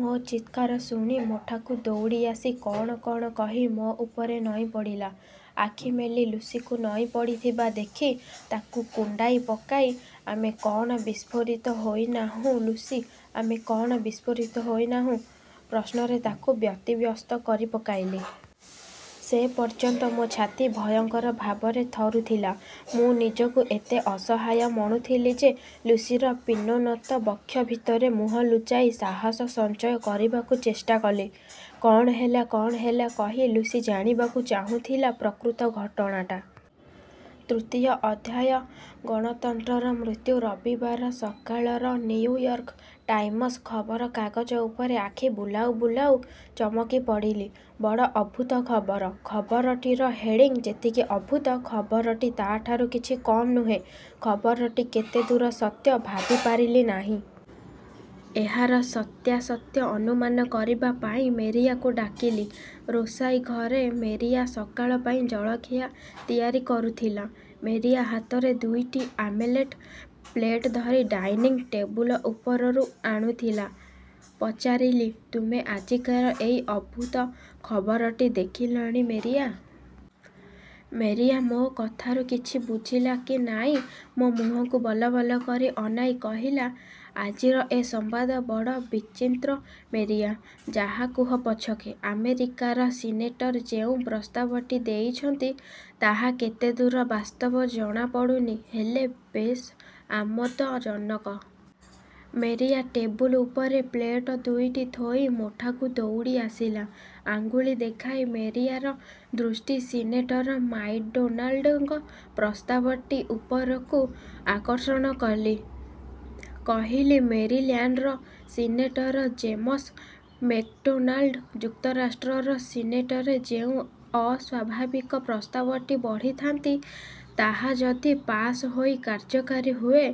ମୋ ଚିତ୍କାର ଶୁଣି ମୋଠାକୁ ଦୌଡ଼ି ଆସି କ'ଣ କ'ଣ କହି ମୋ ଉପରେ ନଇଁ ପଡ଼ିଲା। ଆଖି ମେଲି ଲୁସିକୁ ନଇଁ ପଡ଼ିଥିବା ଦେଖି, ତାକୁ କୁଣ୍ଡାଇ ପକାଇ ''ଆମେ କ'ଣ ବିସ୍ଫୋରିତ ହୋଇ ନାହୁଁ ଲୁସି'' ଆମେ କ'ଣ ବିସ୍ଫୋରିତ ହୋଇ ନାହୁଁ '' ପ୍ରଶ୍ନରେ ତାକୁ ବ୍ୟତିବ୍ୟସ୍ତ କରି ପକାଇଲି। ସେ ପର୍ଯ୍ୟନ୍ତ ମୋ ଛାତି ଭୟଙ୍କର ଭାବରେ ଥରୁଥିଲା। ମୁଁ ନିଜକୁ ଏତେ ଅସହାୟ ମଣୁଥିଲି ଯେ ଲୁସିର ପୀନୋନ୍ନତ ବକ୍ଷ ଭିତରେ ମୁହଁ ଲୁଚାଇ ସାହସ ସଞ୍ଚୟ କରିବାକୁ ଚେଷ୍ଟା କଲି। ''କ'ଣ ହେଲା; କ'ଣ ହେଲା'' କହି ଲୁସି ଜାଣିବାକୁ ଚାହୁଁଥିଲା ପ୍ରକୃତ ଘଟଣାଟା। ତୃତୀୟ ଅଧ୍ୟାୟ ଗଣତନ୍ତ୍ରର ମୃତ୍ୟୁ ରବିବାର ସକାଳରନିଉୟର୍କ ଟାଇମସ୍ ଖବର କାଗଜ ଉପରେ ଆଖି ବୁଲାଉ ବୁଲାଉ ଚମକି ପଡ଼ିଲି।। ବଡ଼ ଅଦ୍ଭୁତ ଖବର। ଖବରଟିର ହେଡିଂ ଯେତିକି ଅଦ୍ଭୁତ; ଖବରଟି ତା'ଠାରୁ କିଛି କମ୍ ନୁହେଁ। ଖବରଟି କେତେ ଦୂର ସତ୍ୟ, ଭାବି ପାରିଲି ନାହିଁ। ଏହାର ସତ୍ୟାସତ୍ୟ ଅନୁମାନ କରିବା ପାଇଁ ମେରିଆକୁ ଡାକିଲି। ରୋଷାଇ ଘରେ ମେରିଆ ସକାଳ ପାଇଁ ଜଳଖିଆ ତିଆରି କରୁଥିଲା। ମେରିଆ ହାତରେ ଦୁଇଟି ଆମେଲେଟ ପ୍ଲେଟ ଧରି ଡାଇନିଂ ଟେବୁଲ ଉପରରୁ ଆଣୁଥିଲା। ପଚାରିଲି, 'ତୁମେ ଆଜିକାର ଏଇ ଅଦ୍ଭୁତ ଖବରଟି ଦେଖିଲଣି ମେରିଆ? '' ମେରିଆ ମୋ କଥାରୁ କିଛି ବୁଝିଲା କି ନାଇଁ ମୋ ମୁହଁକୁ ବଲବଲ କରି ଅନାଇ କହିଲା। 'ଆଜିର ଏ ସମ୍ବାଦ ବଡ଼ ବିଚିନ୍ତ୍ର ମେରିଆ। ଯାହା କୁହ ପଛକେ, ଆମେରିକାର ସିନେଟର ଯେଉଁ ପ୍ରସ୍ତାବଟି ଦେଇଛନ୍ତି, ତାହା କେତେ ଦୂର ବାସ୍ତବ ଜଣା ପଡ଼ୁନି; ହେଲେ ବେଶ ଆମୋଦ-ଜନକ। ' ମେରିଆ ଟେବୁଲ ଉପରେ ପ୍ଲେଟ ଦୁଇଟି ଥୋଇ ମୋଠାକୁ ଦୌଡ଼ି ଆସିଲା। ଆଙ୍ଗୁଳି ଦେଖାଇ ମେରିଆର ଦୃଷ୍ଟି ସିନେଟର ମାକଡୋନାଲ୍ଡଙ୍କ ପ୍ରସ୍ତାବଟି ଉପରକୁ ଆକର୍ଷଣ କଲି। କହିଲି, ''ମେରିଲ୍ୟାଣ୍ଡର ସିନେଟର ଜେମସ୍ ମେକ୍ଡୋନାଲ୍ଡ ଯୁକ୍ତରାଷ୍ଟ୍ରର ସିନେଟରେ ଯେଉଁ ଅସ୍ୱାଭାବିକ ପ୍ରସ୍ତାବଟି ବଢ଼ିଥାନ୍ତି, ତାହା ଯଦି ପାଶ୍ ହୋଇ କାର୍ଯ୍ୟକାରୀ ହୁଏ,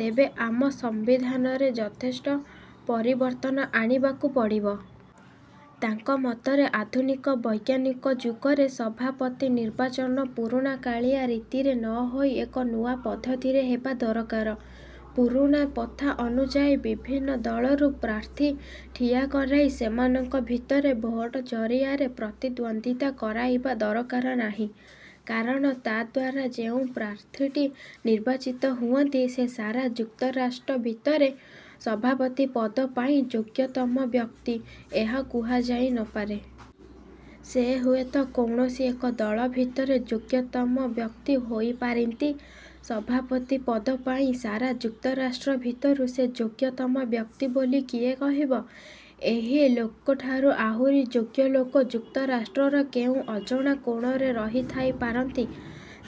ତେବେ ଆମ ସମ୍ବିଧାନରେ ଯଥେଷ୍ଟ ପରିବର୍ତ୍ତନ ଆଣିବାକୁ ପଡ଼ିବ''। ତାଙ୍କ ମତରେ ଆଧୁନିକ ବୈଜ୍ଞାନିକ ଯୁଗରେ ସଭାପତିନିର୍ବାଚନ ପୁରୁଣାକାଳିଆ ରୀତିରେ ନ ହୋଇ ଏକ ନୂଆ ପଦ୍ଧତିରେ ହେବା ଦରକାର। ପୁରୁଣା ପଥା ଅନୁଯାୟୀ ବିଭିନ୍ନ ଦଳରୁ ପ୍ରାର୍ଥୀ ଠିଆ କରାଇ ସେମାନଙ୍କ ଭିତରେ ଭୋଟ ଜରିଆରେ ପ୍ରତିଦ୍ୱନ୍ଦିତା କରାଇବା ଦରକାର ନାହିଁ। କାରଣ ତାଦ୍ୱାରା ଯେଉଁ ପ୍ରାର୍ଥୀଟି ନିର୍ବାଚିତ ହୁଅନ୍ତି ସେ ସାରା ଯୁକ୍ତରାଷ୍ଟ ଭିତରେ ସଭାପତି ପଦ ପାଇଁ ଯୋଗ୍ୟତମ ବ୍ୟକ୍ତି, ଏହା କୁହାଯାଇ ନ ପାରେ। ସେ ହୁଏତ କୌଣସି ଏକ ଦଳ ଭିତରେ ଯୋଗ୍ୟତମ ବ୍ୟକ୍ତି ହୋଇପାରିନ୍ତି, ସଭାପତି ପଦ ପାଇଁ ସାରା ଯୁକ୍ତରାଷ୍ଟ୍ର ଭିତରୁ ସେ ଯୋଗ୍ୟତମ ବ୍ୟକ୍ତି ବୋଲି କିଏ କହିବ? ଏହି ଲୋକଠାରୁ ଆହୁରି ଯୋଗ୍ୟ ଲୋକ ଯୁକ୍ତରାଷ୍ଟ୍ରର କେଉଁ ଅଜଣା କୋଣରେ ରହିଥାଇ ପାରନ୍ତି।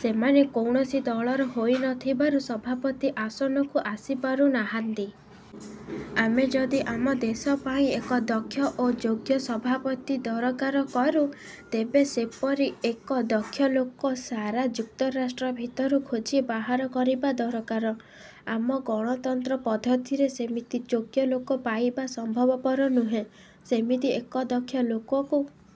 ସେମାନେ କୌଣସି ଦଳର ହୋଇ ନ ଥିବାରୁ ସଭାପତି ଆସନକୁ ଆସିପାରୁ ନାହନ୍ତି। ଆମେ ଯଦି ଆମ ଦେଶ ପାଇଁ ଏକ ଦକ୍ଷ ଓ ଯୋଗ୍ୟ ସଭାପତି ଦରକାର କରୁ, ତେବେ ସେପରି ଏକ ଦକ୍ଷ ଲୋକ ସାରା ଯୁକ୍ତରାଷ୍ଟ୍ର ଭିତରୁ ଖୋଜି ବାହାର କରିବା ଦରକାର। ଆମ ଗଣତନ୍ତ୍ର ପଦ୍ଧତିରେ ସେମିତି ଯୋଗ୍ୟ ଲୋକ ପାଇବା ସମ୍ଭବପର ନୁହେଁ। ସେମିତି ଏକ ଦକ୍ଷ ଲୋକକୁ